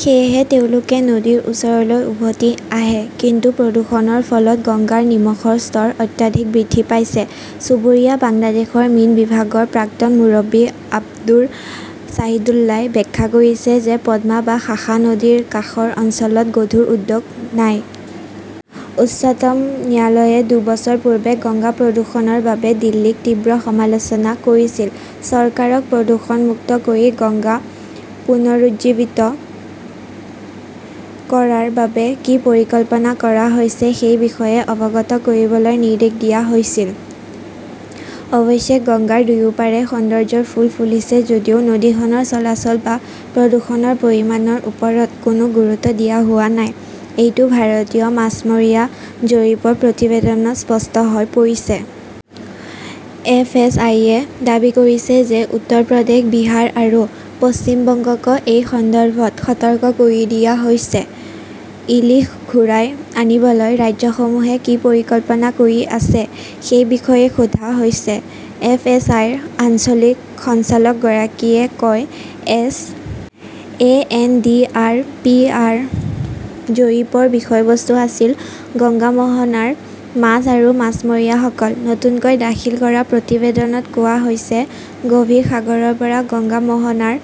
সেয়েহে তেওঁলোকে নদীৰ ওচৰলৈ উভতি আহে। কিন্তু প্ৰদূষণৰ ফলত গংগাৰ নিমখৰ স্তৰ অত্যাধিক বৃদ্ধি পাইছে। চুবুৰীয়া বাংলাদেশৰ মীন বিভাগৰ প্ৰাক্তন মুৰব্বী আব্দুৰ শ্বাহিদুল্লাই ব্যাখ্যা কৰিছে যে পদ্মা বা শাখা নদীৰ কাষৰ অঞ্চলত গধুৰ উদ্যোগ নাই। উচ্চতম ন্যায়ালয়ে দুবছৰ পূৰ্বে গংগা প্ৰদূষণৰ বাবে দিল্লীক তীব্ৰ সমালোচনা কৰিছিল। চৰকাৰক প্ৰদূষণমুক্ত কৰি গংগা পুনৰুজ্জীৱিত কৰাৰ বাবে কি পৰিকল্পনা কৰা হৈছে সেই বিষয়ে অৱগত কৰিবলৈ নিৰ্দেশ দিয়া হৈছিল। অৱশ্যে, গংগাৰ দুয়োপাৰে সৌন্দৰ্য্যৰ ফুল ফুলিছে যদিও নদীখনৰ চলাচল বা প্ৰদূষণৰ পৰিমাণৰ ওপৰত কোনো গুৰুত্ব দিয়া হোৱা নাই, এইটো ভাৰতীয় মাছমৰীয়া জৰীপৰ প্ৰতিবেদনত স্পষ্ট হৈ পৰিছে। এফএছআইয়ে দাবী কৰিছে যে উত্তৰ প্ৰদেশ, বিহাৰ আৰু পশ্চিম বংগকো এই সন্দৰ্ভত সতৰ্ক কৰি দিয়া হৈছে। ইলিশ ঘূৰাই আনিবলৈ ৰাজ্যসমূহে কি পৰিকল্পনা কৰি আছে সেই বিষয়ে সোধা হৈছে, এফএছআইৰ আঞ্চলিক সঞ্চালকগৰাকীয়ে কয়। S. A. N. D. R. P. -ৰ জৰীপৰ বিষয়বস্তু আছিল গংগা মোহনাৰ মাছ আৰু মাছমৰীয়াসকল। নতুনকৈ দাখিল কৰা প্ৰতিবেদনত কোৱা হৈছে-গভীৰ সাগৰৰ পৰা গংগা মোহনাৰ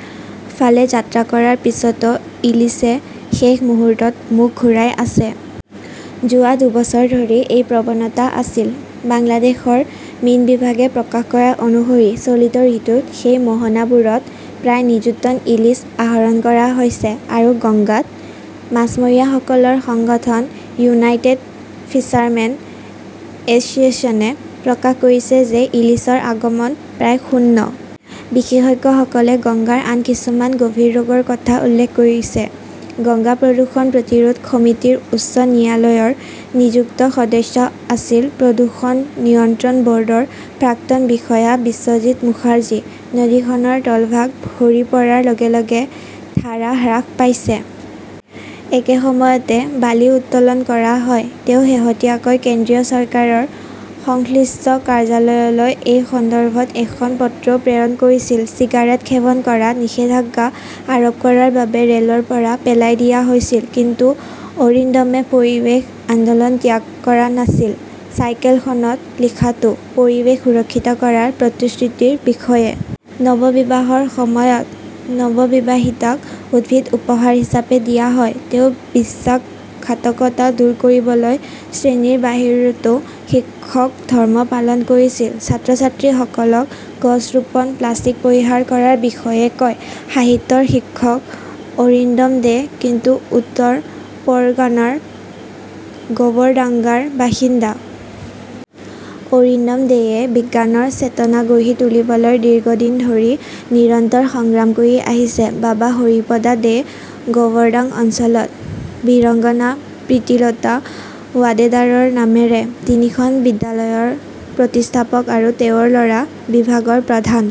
ফালে যাত্ৰা কৰাৰ পিছতো ইলিছে শেষ মুহূৰ্তত মুখ ঘূৰাই আছে। যোৱা দুবছৰ ধৰি এই প্ৰৱণতা আছিল। বাংলাদেশৰ মীন বিভাগে প্ৰকাশ কৰা অনুসৰি চলিত ঋতুত সেই মোহনাবোৰত প্ৰায় নিযুত টন ইলিছ আহৰণ কৰা হৈছে। আৰু গংগাত? মাছমৰীয়াসকলৰ সংগঠন ইউনাইটেড ফিছাৰমেন এছ'চিয়েশ্যনে প্ৰকাশ কৰিছে যে ইলিছৰ আগমন প্ৰায় শূন্য। বিশেষজ্ঞসকলে গংগাৰ আন কিছুমান গভীৰ ৰোগৰ কথা উল্লেখ কৰিছে। গংগা প্ৰদূষণ প্ৰতিৰোধ সমিতিৰ উচ্চ ন্যায়ালয়ৰ নিযুক্ত সদস্য আছিল প্ৰদূষণ নিয়ন্ত্ৰণ ব'ৰ্ডৰ প্ৰাক্তন বিষয়া বিশ্বজিত মুখাৰ্জী। নদীখনৰ তলভাগ ভৰি পৰাৰ লগে লগে ধাৰা হ্ৰাস পাইছে। একে সময়তে বালি উত্তোলন কৰা হয়। তেওঁ শেহতীয়াকৈ কেন্দ্ৰীয় চৰকাৰৰ সংশ্লিষ্ট কাৰ্যালয়লৈ এই সন্দৰ্ভত এখন পত্ৰও প্ৰেৰণ কৰিছিল। চিগাৰেট সেৱন কৰাত নিষেধাজ্ঞা আৰোপ কৰাৰ বাবে ৰেলৰ পৰা পেলাই দিয়া হৈছিল, কিন্তু অৰিন্দমে পৰিৱেশ আন্দোলন ত্যাগ কৰা নাছিল চাইকেলখনত লিখাটো, পৰিৱেশ সুৰক্ষিত কৰাৰ প্ৰতিশ্ৰুতিৰ বিষয়ে। নৱবিবাহৰ সময়ত নৱবিবাহিতাক উদ্ভিদ উপহাৰ হিচাপে দিয়া হয়। তেওঁ বিশ্বাসঘাতকতা দূৰ কৰিবলৈ শ্ৰেণীৰ বাহিৰতো শিক্ষক ধৰ্ম পালন কৰিছিল। ছাত্ৰ-ছাত্ৰীসকলক গছ ৰোপণ, প্লাষ্টিক পৰিহাৰ কৰাৰ বিষয়ে কয়। সাহিত্যৰ শিক্ষক অৰিন্দম দে, কিন্তু উত্তৰ পৰগনাৰ গোবৰডাংগাৰ বাসিন্দা। অৰিন্দম দেয়ে বিজ্ঞানৰ চেতনা গঢ়ি তুলিবলৈ দীৰ্ঘদিন ধৰি নিৰন্তৰ সংগ্ৰাম কৰি আহিছে। বাবা হৰিপদা দে গোবৰডাং অঞ্চলত বীৰঙ্গনা প্ৰীতিলতা ৱাডেদাৰৰ নামেৰে তিনিখন বিদ্যালয়ৰ প্ৰতিষ্ঠাপক আৰু তেওঁৰ ল'ৰা বিভাগৰ প্ৰধান।